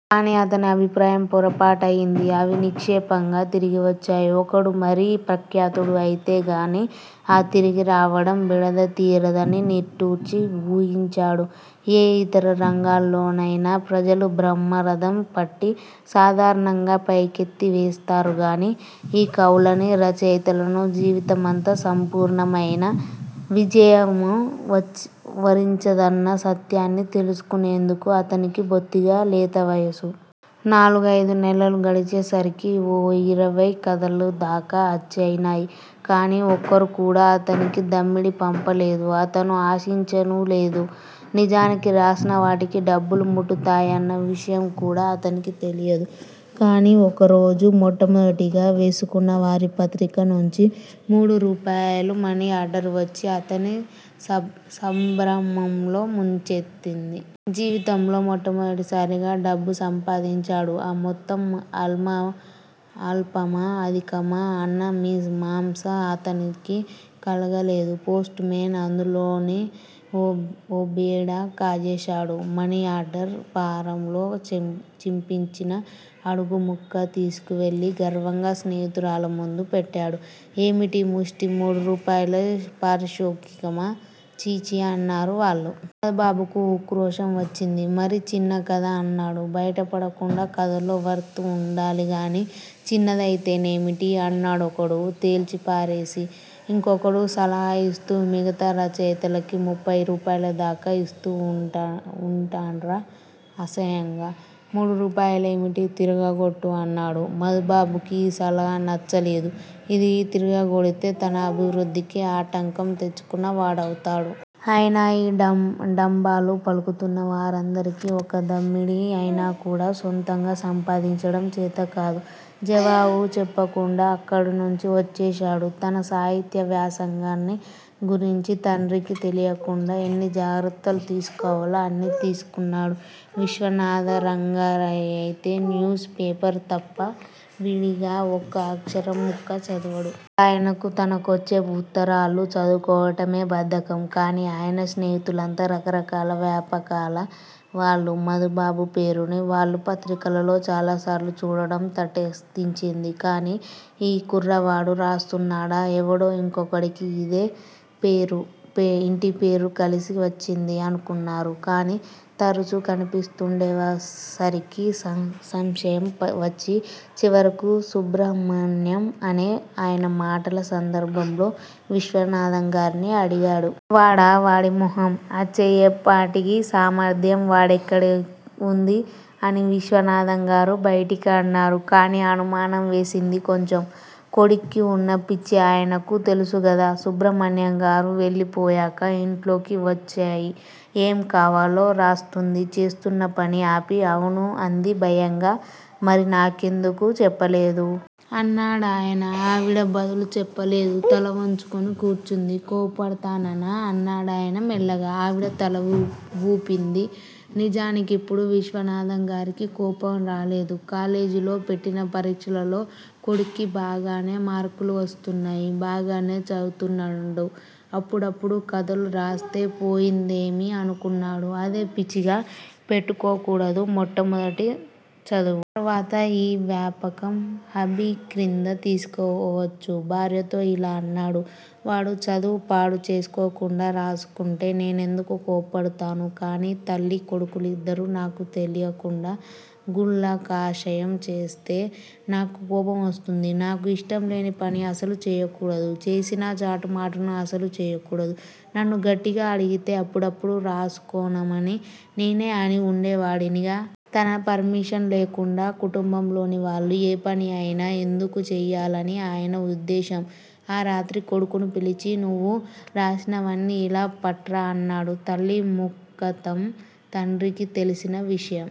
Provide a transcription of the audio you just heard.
కాని అతని అభిప్రాయం పొరపాటయింది. అవి నిక్షేపంగా తిరగివచ్చాయి. ఒకడు మరీ ప్రఖ్యాతుడు అయితేగాని ఈ తిరిగిరావటం బెడద తీరదని నిట్టూర్చి వూహించాడు. ఏ ఇతర రంగాల్లోనయినా ప్రజలు బ్రహ్మరథం పట్టి సాధారణంగా పైకెత్తివేస్తారుగానీ ఈ కవులనీ, రచయితలనూ జీవితమంతా సంపూర్ణమయిన విజయము వరించదన్న సత్యాన్ని తెలుసుకునేందుకు అతనికి బొత్తిగా లేతవయసు. నాలుగయిదు నెలలు గడిచేసరికి ఓ యిరవై కథలుదాకా అచ్చయినాయి. కానీ ఒక్కరుకూడా అతనికి దమ్మిడీ పంపలేదు. అతను ఆశించనూలేదు. నిజానికి రాసినవాటికి డబ్బులు ముట్టుతాయన్న విషయంకూడా అతనికి తెలియదు. కాని ఒకరోజు మొట్టమొదటిగా వేసుకున్న వారి పత్రికనుంచి మూడురూపాయలు మనిఆర్డర్ వచ్చి అతన్ని సంభ్రమంలో ముంచెత్తింది. జీవితంలో మొట్టమొదటిసారిగా డబ్బు సంపాదించాడు. ఆ మొత్తం అల్పమా అధికమా అన్న మీమాంస అతనికి కలగలేదు. పోస్టుమేన్ అందులోనే ఓ బేడా కాజేశాడు. మనిఆర్దర్ ఫారంలో చింపియిచ్చిన అడుగుముక్క తీసుకువెళ్లి గర్వంగా స్నేహితులముందు పెట్టాడు. ఏమిటి? ముష్టి మూడు రూపాయల పారితోషికమా? ఛీఛీ అన్నారు వాళ్లు. మధుబాబుకు ఉక్రోషం వచ్చింది. మరి చిన్నకథ అన్నాడు బయటపడకుండా. కథలో వర్త్ వుండాలిగానీ చిన్నదయితేనేమి? అన్నాడొకడు తేల్చిపారేసి. ఇంకొకడు సలహా ఇస్తూ మిగతా రచయితలకి ముప్ఫయి రూపాయిలదాకా యిస్తూ వుంటార్రా. అసహ్యంగా మూడురూపాయలేమిటి? తిరగగొట్టు' అన్నాడు. మధుబాబుకి ఈ సలహా నచ్చలేదు. ఇది తిరగగొడితే తన అభివృద్ధికి ఆటంకం తెచ్చుకున్న వాడవుతాడు. అయినా ఈ డంబాలు పలుకుతున్న వారందరికీ ఒక్క దమ్మిడీ అయినాకూడా సొంతంగా సంపాదించటం చేతకాదు. జవాబు చెప్పకుండా అక్కడినుంచి వచ్చేశాడు. తన సాహిత్య వ్యాసంగాన్ని గురించి తండ్రికి తెలియకుండా ఎన్ని జాగ్రత్తలు తీసుకోవాలో అన్నీ తీసుకున్నాడు. విశ్వనాథంగారయితే న్యూస్ పేపర్ తప్ప విడిగా ఒక్క అక్షరంముక్క చదవడు. అసలాయనకు తనకొచ్చే వుత్తరాలు చదువుకోవటమే బద్ధకం. కాని ఆయన స్నేహితులంతా రకరకాల వ్యాపకాల వాళ్లు. మధుబాబు పేరుని వాళ్లు పత్రికలలో చాలాసార్లు చూడటం తటస్థించింది. కాని ఈ కుర్రవాడు రాస్తున్నాడా? ఎవడో ఇంకొకడికి ఇదే పేరూ, ఇంటిపేరూ కలిసి వచ్చింది అనుకున్నారు. కాని తరచు కనిపిస్తుండేసరికి సంశయం వచ్చి, చివరకు సుబ్రహ్మణ్యం అనే ఆయన మాటల సందర్భంలో విశ్వనాథంగారిని అడిగాడు. వాడా! వాడి మొహం. అచ్చయే పాటి సామర్థ్యం వాడికెక్కడ వుంది? అని విశ్వనాథంగారు బయటికి అన్నారు. కాని అనుమానం వేసింది కొంచెం. కొడుక్కి వున్న పిచ్చి ఆయనకు తెలుసుగదా. సుబ్రహ్మణ్యంగారు వెళ్ళిపోయాక ఇంట్లోకి వెచ్చాలు ఏంకావాలో రాస్తోంది. చేస్తున్నపని ఆపి అవును అంది భయంగా. మరి నాకెందుకు చెప్పలేదు? అన్నాడాయన. ఆవిడ బదులు చెప్పలేదు. తలవంచుకుని కూర్చుంది. కోప్పడతాననా అన్నాడాయన మెల్లగా. ఆవిడ తలవూపింది. నిజానికిప్పుడు విశ్వనాథంగారికి కోపంరాలేదు. కాలేజీలో పెట్టిన పరీక్షలలో కొడుక్కి బాగానే మార్కులు వస్తున్నాయి. బాగానే చదువుతున్నట్లున్నాడు. అప్పుడప్పుడూ కథలు రాస్తే పోయిందేమి? అనుకున్నాడు. అదే పిచ్చిగా పెట్టుకోకూడదు. మొట్టమొదట చదువు. తరువాత యీ వ్యాపకం. హాబీక్రింద తీసుకోవచ్చు. భార్యతో యిలా అన్నాడు. వాడు చదువు పాడుచేసుకోకుండా రాసుకుంటే నేనెందుకు కోప్పడతాను? కాని తల్లీ కొడుకులిద్దరూ నాకు తెలీకుండా గుళ్ళకాషాయం చేస్తే నాకు కోపంవస్తుంది. నాకు ఇష్టంలేని పని అసలు చెయ్యకూడదు. చేసినా చాటుమాటున అసలు చెయ్యకూడదు. నన్ను గట్టిగా అడిగితే అప్పుడప్పుడూ రాసుకొనమని నేనే అని వుండేవాడినిగా. తన పర్మిషను లేకుండా కుటుంబంలోని వాళ్ళు ఏ పని అయినా ఎందుకు చెయ్యాలని ఆయన ఉద్దేశం. ఆ రాత్రి కొడుకుని పిలిచి నువ్వు రాసినవన్నీ ఇలా పట్రా అన్నాడు. తల్లిముఖతః తండ్రికి తెలిసిన విషయం